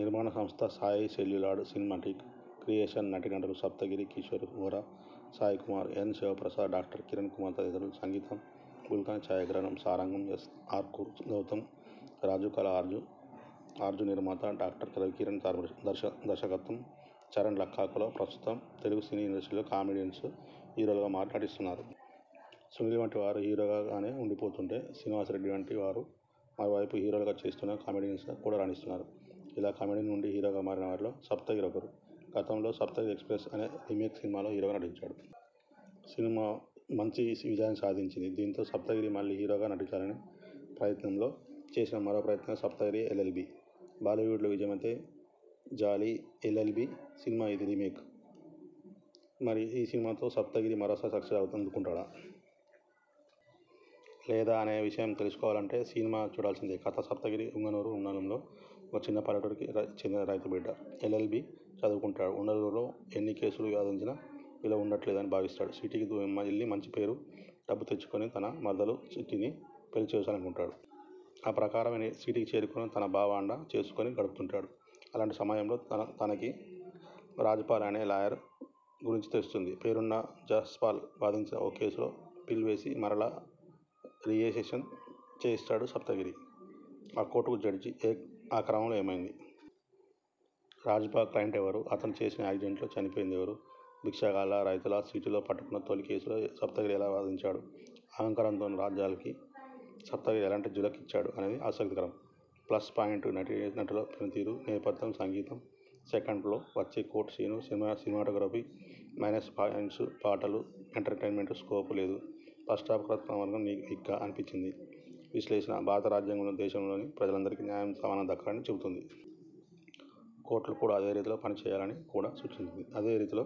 నిర్మాణ సంస్థ Sai celluloid cinematic creations నటీ నటులు సప్తగిరి, కశిష్ వోరా, సాయి కుమార్, ఎన్. శివప్రసాద్, డా. రవి కిరణ్ తదితరులు సంగీతం బుల్గాని ఛాయాగ్రహణం సారంగం ఎస్. ఆర్కూర్పు గౌతం రాజుకళ అర్జున్నిర్మాత డా. రవికిరణ్ ధర్శకత్వం చరణ్ లక్కాకుల ప్రస్తుతం తెలుగు సినీ ఇండస్ట్రీలో కమెడియన్స్ హీరోలుగా మారి నటిస్తున్నారు. సునీల్ వంటి వారు హీరోలు గానే ఉండి పోతుంటే, శ్రీనివాస రెడ్డి వంటి వారు మరో వైపు హీరోలుగా చేస్తూనే కమెడియన్స్గా కూడా రాణిస్తున్నారు. ఇలా కమెడియన్ నుండి హీరోగా మారిన వారిలో సప్తగిరి ఒకరు. గతంలో సప్తగిరి ఎక్స్ప్రెస్ అనే రీమేక్ సినిమాలో హీరోగా నటించాడు. సినిమా మంచి విజయాన్ని సాధించింది. దీంతో సప్తగిరి మళ్లీ హీరోగా రాణించాలనే ప్రయత్నంలో చేసిన మరో ప్రయత్నమే సప్తగిరి ఎల్. ఎల్. బి. బాలీవుడ్లో విజయవంతమైన జాలీ ఎల్. ఎల్. బి సినిమాకు ఇది రీమేక్. మరి ఈ సినిమాతో సప్తగిరి మరోసారి సక్సెస్ అందుకున్నాడా? లేదా? అనే విషయం తెలుసు కోవాలంటే సినిమా చూడాల్సిందే. కథ సప్తగిరి పుంగనూరు మండలంలోని ఒక చిన్న పల్లెటూరికి చెందిన రైతు బిడ్డ. ఎల్ ఎల్ బీ చదువుకుంటాడు. ఉండూరులో ఎన్ని కేసులు వాదించినా విలువ ఉండట్లేదని భావిస్తాడు. సిటీకి వెళ్లి మంచి పేరు, డబ్బు తెచ్చుకుని తన మరదలు చిట్టి ని పెళ్లి చేసుకోవాలనుకుంటాడు. ఆ ప్రకారమే సిటీకి చేరుకుని తన బావ అండ చూసుకుని గడుపుతుంటాడు. అలాంటి సమయంలో అతనికి రాజ్ పాల్ అనే లాయర్ గురించి తెలుస్తుంది. పేరున్న రాజ్పాల్ వాదించిన ఓ కేసును పిల్ వేసి మరలా రియోపన్ చేయిస్తాడు సప్తగిరి. ఆ కోర్టుకు జడ్జి. ఆ క్రమంలో ఏమైంది? రాజ్పాల్ క్లైంట్ ఎవరు? అతను చేసిన యాక్సిడెంట్లో చనిపోయింది ఎవరు? భిక్షగాళ్లా? రైతులా? సిటీలో పట్టుకున్న తొలి కేసులోనే సప్తగిరి ఎలా వాదించాడు? అహంకారంతో ఉన్న రాజ్పాల్కి సప్తగిరి ఎలాంటి ఝలక్లు ఇచ్చాడు? అనేది ఆసక్తి కరం. ప్లస్ పాయింట్స్, నటీ నటుల పనితీరు, నేపథ్య సంగీతం, సెకండాఫ్లో వచ్చే court scene, cinematography minus points పాటలు, ఎంటర్టైన్మెంట్ కు స్కోప్ లేదు, ఫస్టాఫ్ ప్రథమార్థం వీక్గా అనిపిస్తుంది విశ్లేషణ భారత రాజ్యాంగం దేశంలోని ప్రజలందరికీ న్యాయం సమానంగా దక్కాలని చెబుతుంది. కోర్టులు కూడా అదే రీతితో పని చేయాలని కూడా సూచించింది. అదే రీతిలో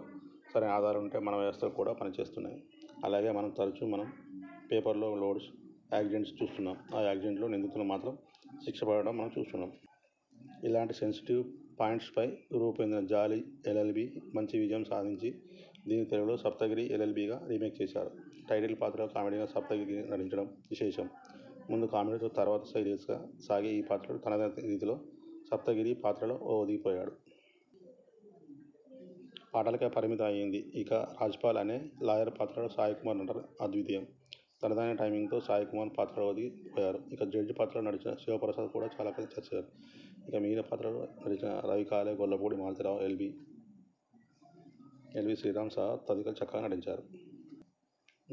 సరైన ఆధారాలుంటే మన వ్యవస్థలు కూడా పని చేస్తున్నాయి. అలాగే మనం తరుచు మనం పేపర్లలో రోడ్ యాక్సిడెంట్స్ను చూస్తుంటాం. ఆ యాక్సిడెంట్స్లో నిందితులకు మాత్రం శిక్ష పడటం మనం చూసుండం. ఇలాంటి సెన్సిటివ్ పాయింట్ను పై రూపొందిన జాలీ ఎల్. ఎల్. బి మంచి విజయం సాధించింది. దీన్ని తెలుగులో సప్తగిరి ఎల్. ఎల్. బిగా రీమేక్ చేశారు. టైటిల్ పాత్రలో కమెడియన్ సప్తగిరి నటించడం విశేషం. ముందు కామెడీతో తర్వాత సీరియస్గా సాగే పాత్రలో తనదైన రీతిలో సప్తగిరి పాత్రలో ఒదిగి పోయాడు. పాటలకే పరిమితం అయ్యింది. ఇక రాజ్పాల్ అనే లాయర్ పాత్రలో సాయి కుమార్ నటన అద్వితీయం. తనదైన టైమింగ్తో సాయి కుమార్ పాత్రలో ఒదిగి పోయారు. ఇక జడ్జ్ పాత్రలో నటించిన శివప్రసాద్ కూడా చాలా చక్కగా చేశారు. ఇక మిగిలిన పాత్రల్లో నటించిన రవికాలే, గొల్లపూడి మారుతీ రావు, ఎల్బీ శ్రీరాం సహా తదితరులు చక్కగా నటించారు.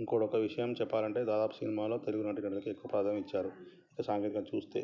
ఇక్కడొక విషయం చెప్పాలంటే, దాదాపు సినిమాలో తెలుగు నటీ నటులకే ఎక్కువ ప్రాధానం ఇచ్చారు. ఇక సాంకేతికంగా చూస్తే.